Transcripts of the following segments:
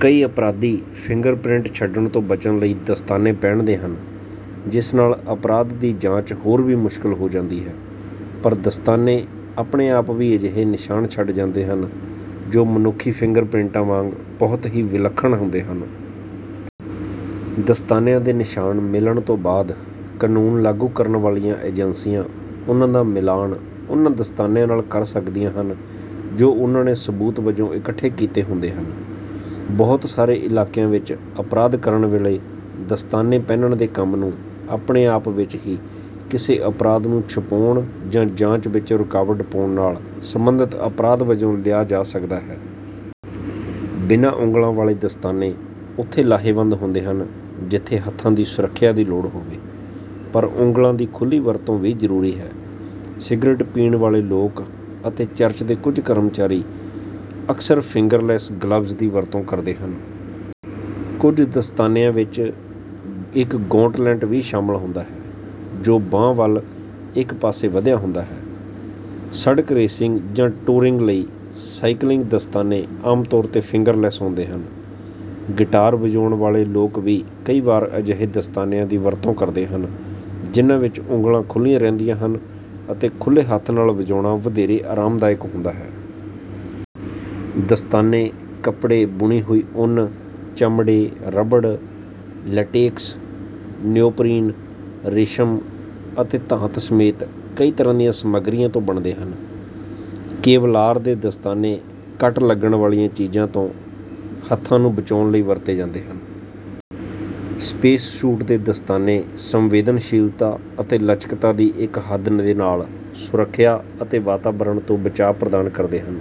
ਕਈ ਅਪਰਾਧੀ ਫਿੰਗਰਪ੍ਰਿੰਟ ਛੱਡਣ ਤੋਂ ਬਚਣ ਲਈ ਦਸਤਾਨੇ ਪਹਿਨਦੇ ਹਨ, ਜਿਸ ਨਾਲ ਅਪਰਾਧ ਦੀ ਜਾਂਚ ਹੋਰ ਵੀ ਮੁਸ਼ਕਲ ਹੋ ਜਾਂਦੀ ਹੈ। ਪਰ ਦਸਤਾਨੇ ਆਪਣੇ ਆਪ ਵੀ ਅਜਿਹੇ ਨਿਸ਼ਾਨ ਛੱਡ ਸਕਦੇ ਹਨ, ਜੋ ਮਨੁੱਖੀ ਫਿੰਗਰਪ੍ਰਿੰਟਾਂ ਵਾਂਗ ਬਹੁਤ ਹੀ ਵਿਲੱਖਣ ਹੁੰਦੇ ਹਨ। ਦਸਤਾਨਿਆਂ ਦੇ ਨਿਸ਼ਾਨ ਮਿਲਣ ਤੋਂ ਬਾਅਦ, ਕਾਨੂੰਨ ਲਾਗੂ ਕਰਨ ਵਾਲੀਆਂ ਏਜੰਸੀਆਂ ਉਨ੍ਹਾਂ ਦਾ ਮਿਲਾਨ ਉਨ੍ਹਾਂ ਦਸਤਾਨਿਆਂ ਨਾਲ ਕਰ ਸਕਦੀਆਂ ਹਨ, ਜੋ ਉਨ੍ਹਾਂ ਨੇ ਸਬੂਤ ਵਜੋਂ ਇਕੱਠੇ ਕੀਤੇ ਹੁੰਦੇ ਹਨ। ਬਹੁਤ ਸਾਰੇ ਇਲਾਕਿਆਂ ਵਿੱਚ ਅਪਰਾਧ ਕਰਨ ਵੇਲੇ ਦਸਤਾਨੇ ਪਹਿਨਣ ਦੇ ਕੰਮ ਨੂੰ ਆਪਣੇ ਆਪ ਵਿੱਚ ਵੀ ਕਿਸੇ ਅਪਰਾਧ ਨੂੰ ਛੁਪਾਉਣ ਜਾਂ ਜਾਂਚ ਵਿੱਚ ਰੁਕਾਵਟ ਪਾਉਣ ਨਾਲ ਸਬੰਧਤ ਅਪਰਾਧ ਵਜੋਂ ਲਿਆ ਜਾ ਸਕਦਾ ਹੈ। ਬਿਨਾਂ ਉਂਗਲਾਂ ਵਾਲੇ ਦਸਤਾਨੇ ਉੱਥੇ ਲਾਹੇਵੰਦ ਹੁੰਦੇ ਹਨ, ਜਿੱਥੇ ਹੱਥਾਂ ਦੀ ਸੁਰੱਖਿਆ ਦੀ ਲੋੜ ਹੋਵੇ, ਪਰ ਉਂਗਲਾਂ ਦੀ ਖੁੱਲ੍ਹੀ ਵਰਤੋਂ ਵੀ ਜ਼ਰੂਰੀ ਹੋਵੇ। ਸਿਗਰਟ ਪੀਣ ਵਾਲੇ ਲੋਕ ਅਤੇ ਚਰਚ ਦੇ ਕੁਝ ਕਰਮਚਾਰੀ ਅਕਸਰ ਫਿੰਗਰਲੈੱਸ ਗਲਵਜ਼ ਦੀ ਵਰਤੋਂ ਕਰਦੇ ਹਨ। ਕੁਝ ਦਸਤਾਨਿਆਂ ਵਿੱਚ ਇੱਕ ਗੌਂਟਲੈੱਟ ਵੀ ਸ਼ਾਮਲ ਹੁੰਦਾ ਹੈ, ਜੋ ਬਾਂਹ ਵੱਲ ਇੱਕ ਪਾਸੇ ਵਧਿਆ ਹੁੰਦਾ ਹੈ। ਸੜਕ-ਰੇਸਿੰਗ ਜਾਂ ਟੂਰਿੰਗ ਲਈ ਸਾਈਕਲਿੰਗ ਦਸਤਾਨੇ ਆਮ ਤੌਰ ’ਤੇ ਫਿੰਗਰਲੈੱਸ ਹੁੰਦੇ ਹਨ। ਗਿਟਾਰ ਵਜਾਉਣ ਵਾਲੇ ਲੋਕ ਵੀ ਕਈ ਵਾਰ ਅਜਿਹੇ ਦਸਤਾਨਿਆਂ ਦੀ ਵਰਤੋਂ ਕਰਦੇ ਹਨ, ਜਿਨ੍ਹਾਂ ਵਿੱਚ ਉਂਗਲਾਂ ਖੁੱਲ੍ਹੀਆਂ ਰਹਿੰਦੀਆਂ ਹਨ ਅਤੇ ਖੁੱਲ੍ਹੇ ਹੱਥ ਨਾਲ ਵਜਾਉਣਾ ਵਧੇਰੇ ਆਰਾਮਦਾਇਕ ਹੁੰਦਾ ਹੈ। ਦਸਤਾਨੇ ਕੱਪੜੇ, ਬੁਣੀ ਹੋਈ ਉੱਨ, ਚਮੜੇ, ਰਬੜ, ਲੈਟੇਕਸ, ਨਿਓਪਰੀਨ, ਰੇਸ਼ਮ ਅਤੇ ਧਾਤ ਸਮੇਤ ਕਈ ਤਰ੍ਹਾਂ ਦੀਆਂ ਸਮੱਗਰੀਆਂ ਤੋਂ ਬਣਦੇ ਹਨ। ਕੇਵਲਾਰ ਦੇ ਦਸਤਾਨੇ ਕੱਟ ਲੱਗਣ ਵਾਲੀਆਂ ਚੀਜ਼ਾਂ ਤੋਂ ਹੱਥਾਂ ਨੂੰ ਬਚਾਉਣ ਲਈ ਵਰਤੇ ਜਾਂਦੇ ਹਨ। ਸਪੇਸ-ਸੂਟ ਦੇ ਦਸਤਾਨੇ ਸੰਵੇਦਨਸ਼ੀਲਤਾ ਅਤੇ ਲਚਕਤਾ ਦੀ ਇੱਕ ਹੱਦ ਦੇ ਨਾਲ ਸੁਰੱਖਿਆ ਅਤੇ ਵਾਤਾਵਰਣ ਤੋਂ ਬਚਾਅ ਪ੍ਰਦਾਨ ਕਰਦੇ ਹਨ।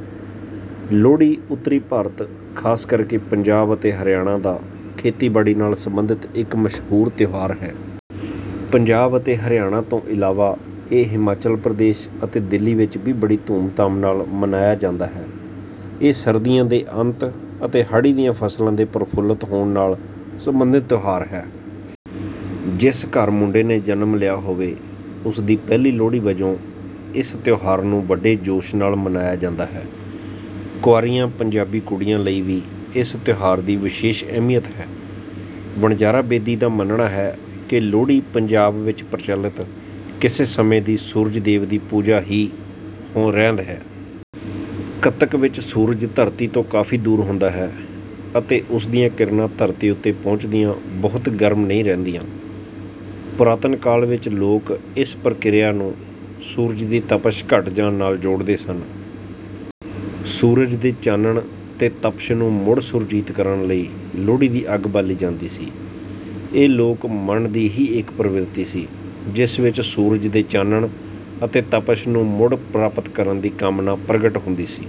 ਲੋਹੜੀ ਉੱਤਰੀ ਭਾਰਤ, ਖ਼ਾਸ ਕਰਕੇ ਪੰਜਾਬ ਅਤੇ ਹਰਿਆਣਾ ਦਾ ਖੇਤੀਬਾੜੀ ਨਾਲ ਸਬੰਧਤ ਇੱਕ ਮਸ਼ਹੂਰ ਤਿਉਹਾਰ ਹੈ। ਪੰਜਾਬ ਅਤੇ ਹਰਿਆਣਾ ਤੋਂ ਇਲਾਵਾ ਇਹ ਹਿਮਾਚਲ ਪ੍ਰਦੇਸ਼ ਅਤੇ ਦਿੱਲੀ ਵਿੱਚ ਵੀ ਬੜੀ ਧੂਮ-ਧਾਮ ਨਾਲ ਮਨਾਇਆ ਜਾਂਦਾ ਹੈ। ਇਹ ਸਰਦੀਆਂ ਦੇ ਅੰਤ ਅਤੇ ਹਾੜ੍ਹੀ ਦੀਆਂ ਫ਼ਸਲਾਂ ਦੇ ਪ੍ਰਫੁੱਲਤ ਹੋਣ ਨਾਲ ਸਬੰਧਤ ਤਿਉਹਾਰ ਹੈ। ਜਿਸ ਘਰ ਮੁੰਡੇ ਨੇ ਜਨਮ ਲਿਆ ਹੋਵੇ, ਉਸ ਦੀ ਪਹਿਲੀ ਲੋਹੜੀ ਵਜੋਂ ਇਸ ਤਿਉਹਾਰ ਨੂੰ ਵੱਡੇ ਜੋਸ਼ ਨਾਲ ਮਨਾਇਆ ਜਾਂਦਾ ਹੈ। ਕੁਆਰੀਆਂ ਪੰਜਾਬੀ ਕੁੜੀਆਂ ਲਈ ਵੀ ਇਸ ਤਿਉਹਾਰ ਦੀ ਵਿਸ਼ੇਸ਼ ਅਹਿਮੀਅਤ ਹੈ। ਵਣਜਾਰਾ ਬੇਦੀ ਦਾ ਮੰਨਣਾ ਹੈ ਕਿ “ਲੋਹੜੀ ਪੰਜਾਬ ਵਿੱਚ ਪ੍ਰਚੱਲਿਤ ਕਿਸੇ ਸਮੇਂ ਦੀ ਸੂਰਜ-ਦੇਵ ਦੀ ਪੂਜਾ ਦੀ ਹੀ ਰਹਿੰਦ ਹੈ। ਕੱਤਕ ਵਿੱਚ ਸੂਰਜ ਧਰਤੀ ਤੋਂ ਕਾਫ਼ੀ ਦੂਰ ਹੁੰਦਾ ਹੈ ਤੇ ਉਸ ਦੀਆਂ ਕਿਰਨਾਂ ਧਰਤੀ ਉੱਤੇ ਪਹੁੰਚਦਿਆਂ ਬਹੁਤੀਆਂ ਗਰਮ ਨਹੀਂ ਰਹਿੰਦੀਆਂ। ਪੁਰਾਤਨ ਕਾਲ ਵਿੱਚ ਲੋਕ ਇਸ ਪ੍ਰਕਿਰਿਆ ਨੂੰ ਸੂਰਜ ਦੀ ਤਪਸ਼ ਘਟ ਜਾਣ ਨਾਲ ਜੋੜਦੇ ਸਨ। ਸੂਰਜ ਦੇ ਚਾਨਣ ਤੇ ਤਪਸ਼ ਨੂੰ ਮੁੜ ਸੁਰਜੀਤ ਕਰਨ ਲਈ ਲੋਹੜੀ ਦੀ ਅੱਗ ਬਾਲੀ ਜਾਂਦੀ ਸੀ। ਇਹ ਲੋਕ-ਮਨ ਦੀ ਹੀ ਇੱਕ ਪ੍ਰਵਿਰਤੀ ਸੀ, ਜਿਸ ਵਿੱਚ ਸੂਰਜ ਦੇ ਚਾਨਣ ਅਤੇ ਤਪਸ਼ ਨੂੰ ਮੁੜ ਪ੍ਰਾਪਤ ਕਰਨ ਦੀ ਕਾਮਨਾ ਪ੍ਰਗਟ ਹੁੰਦੀ ਸੀ।”